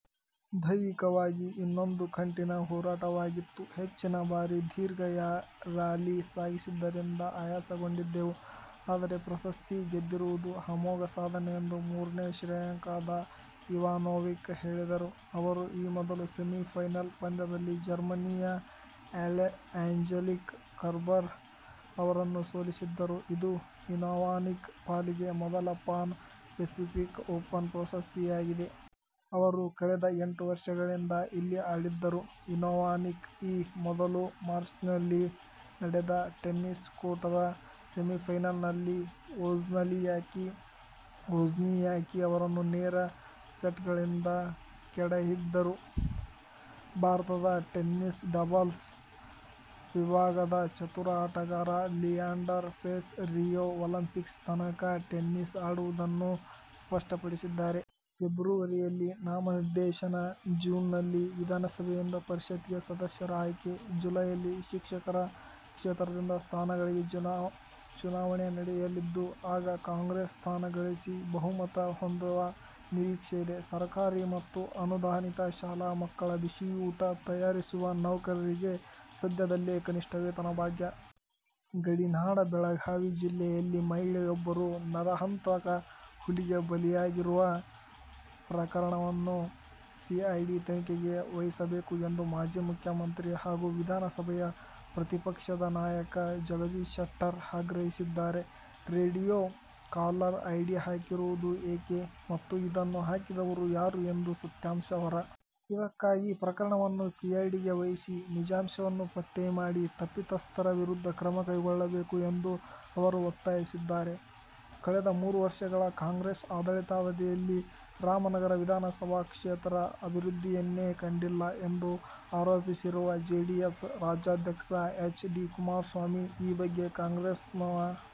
ದೈಹಿಕವಾಗಿ ಇದೊಂದು ಕಠಿನ ಹೋರಾಟವಾಗಿತ್ತು. ಹೆಚ್ಚಿನ ಬಾರಿ ದೀರ್ಘ ರ್ಯಾಲಿ ಸಾಗಿದ್ದರಿಂದ ಆಯಾಸಗೊಂಡಿದ್ದೆವು. ಆದರೆ ಪ್ರಶಸ್ತಿ ಗೆದ್ದಿರುವುದು ಅಮೋಘ ಸಾಧನೆ ಎಂದು ಮೂರನೇ ಶ್ರೇಯಾಂಕದ ಇವಾನೋವಿಕ್ ಹೇಳಿದರು. ಅವರು ಈ ಮೊದಲು ಸೆಮಿಫೈನಲ್ ಪಂದ್ಯದಲ್ಲಿ ಜರ್ಮನಿಯ ಆ್ಯಂಜೆಲಿಕ್ ಕರ್ಬರ್ ಅವರನ್ನು ಸೋಲಿಸಿದ್ದರು. ಇದು ಇವಾನೋವಿಕ್ ಪಾಲಿಗೆ ಮೊದಲ ಪಾನ್ ಪೆಸಿಫಿಕ್ ಓಪನ್ ಪ್ರಶಸ್ತಿಯಾಗಿದೆ. ಅವರು ಕಳೆದ ಎಂಟು ವರ್ಷಗಳಿಂದ ಇಲ್ಲಿ ಆಡಿದ್ದರು. ಇವಾನೋವಿಕ್ ಈ ಮೊದಲು ಮಾರ್ಚ್ನಲ್ಲಿ ನಡೆದ ಟೆನಿಸ್ ಕೂಟದ ಸೆಮಿಫೈನಲ್ನಲ್ಲಿ ವೋಜ್ನಿಯಾಕಿ ಅವರನ್ನು ನೇರ ಸೆಟ್ಗಳಿಂದಲೇ ಕೆಡಹಿದ್ದರು. ಭಾರತದ ಟೆನ್ನಿಸ್ನ ಡಬಲ್ಸ್ ವಿಭಾಗದ ಚತುರ ಆಟಗಾರ ಲಿಯಾಂಡರ್ ಪೇಸ್ ರಿಯೋ ಒಲಿಂಪಿಕ್ಸ್ ತನಕ ಟೆನ್ನಿಸ್ ಆಡುವುದನ್ನು ಸ್ಪಷ್ಟಪಡಿಸಿದ್ದಾರೆ. ಫೆಬ್ರವರಿಯಲ್ಲಿ ನಾಮನಿರ್ದೇಶನ, ಜೂನ್ನಲ್ಲಿ ವಿಧಾನಸಭೆಯಿಂದ ಪರಿಷತ್ಗೆ ಸದಸ್ಯರ ಆಯ್ಕೆ, ಜುಲೈಯಲ್ಲಿ ಶಿಕ್ಷಕರ ಕ್ಷೇತ್ರದಿಂದ ಸ್ಥಾನಗಳಿಗೆ ಚುನಾವಣೆ ನಡೆಯಲಿದ್ದು, ಆಗ ಕಾಂಗ್ರೆಸ್ ಸ್ಥಾನ ಗಳಿಸಿ ಬಹುಮತ ಹೊಂದುವ ನಿರೀಕ್ಷೆ ಇದೆ. ಸರ್ಕಾರಿ ಮತ್ತು ಅನುದಾನಿತ ಶಾಲಾ ಮಕ್ಕಳ ಬಿಸಿಯೂಟ ತಯಾರಿಸುವ ನೌಕರರಿಗೆ ಸದ್ಯದಲ್ಲೇ "ಕನಿಷ್ಠ ವೇತನ ಭಾಗ್ಯ' ದೊರೆಯುವ ಸಾಧ್ಯತೆ ಇದೆ. ಗಡಿನಾಡ ಬೆಳಗಾವಿ ಜಿಲ್ಲೆಯಲ್ಲಿ ಮಹಿಳೆಯೊಬ್ಬರು ನರಹಂತಕ ಹುಲಿಗೆ ಬಲಿಯಾಗಿರುವ ಪ್ರಕರಣವನ್ನು ಸಿಐಡಿ ತನಿಖೆಗೆ ವಹಿಸಬೇಕು ಎಂದು ಮಾಜಿ ಮುಖ್ಯಮಂತ್ರಿ ಹಾಗೂ ವಿಧಾನಸಭೆಯ ಪ್ರತಿಪಕ್ಷದ ನಾಯಕ ಜಗದೀಶ್ ಶೆಟ್ಟರ್ ಆಗ್ರಹಿಸಿದ್ದಾರೆ. "ರೇಡಿಯೋ ಕಾಲರ್ ಐಡಿ ಹಾಕಿರುವುದು ಏಕೆ? ಮತ್ತು ಇದನ್ನು ಹಾಕಿದವರು ಯಾರು ಎಂಬ ಸತ್ಯಾಂಶ ಹೊರ ಬರಬೇಕು. ಇದಕ್ಕಾಗಿ ಪ್ರಕರಣವನ್ನು ಸಿಐಡಿಗೆ ವಹಿಸಿ ನಿಜಾಂಶವನ್ನು ಪತ್ತೆ ಮಾಡಿ ತಪ್ಪಿತಸ್ಥರ ವಿರುದ್ಧ ಕ್ರಮ ಕೈಗೊಳ್ಳಬೇಕು' ಎಂದು ಅವರು ಒತ್ತಾಯಿಸಿದ್ದಾರೆ. ಕಳೆದ ಮೂರು ವರ್ಷಗಳ ಕಾಂಗ್ರೆಸ್ ಆಡಳಿತಾವಧಿಯಲ್ಲಿ ರಾಮನಗರ ವಿಧಾನಸಭಾ ಕ್ಷೇತ್ರ ಅಭಿವೃದ್ಧಿಯನ್ನೇ ಕಂಡಿಲ್ಲ ಎಂದು ಆರೋಪಿಸಿರುವ ಜೆಡಿಎಸ್ ರಾಜ್ಯಾಧ್ಯಕ್ಷ ಎಚ್. ಡಿ. ಕುಮಾರಸ್ವಾಮಿ, ಈ ಬಗ್ಗೆ ಕಾಂಗ್ರೆಸ್ನವರು ಬಹಿರಂಗವಾಗಿ ಚರ್ಚೆಗೆ ಬರಲಿ ಎಂದು ಸವಾಲು ಹಾಕಿದ್ದಾರೆ.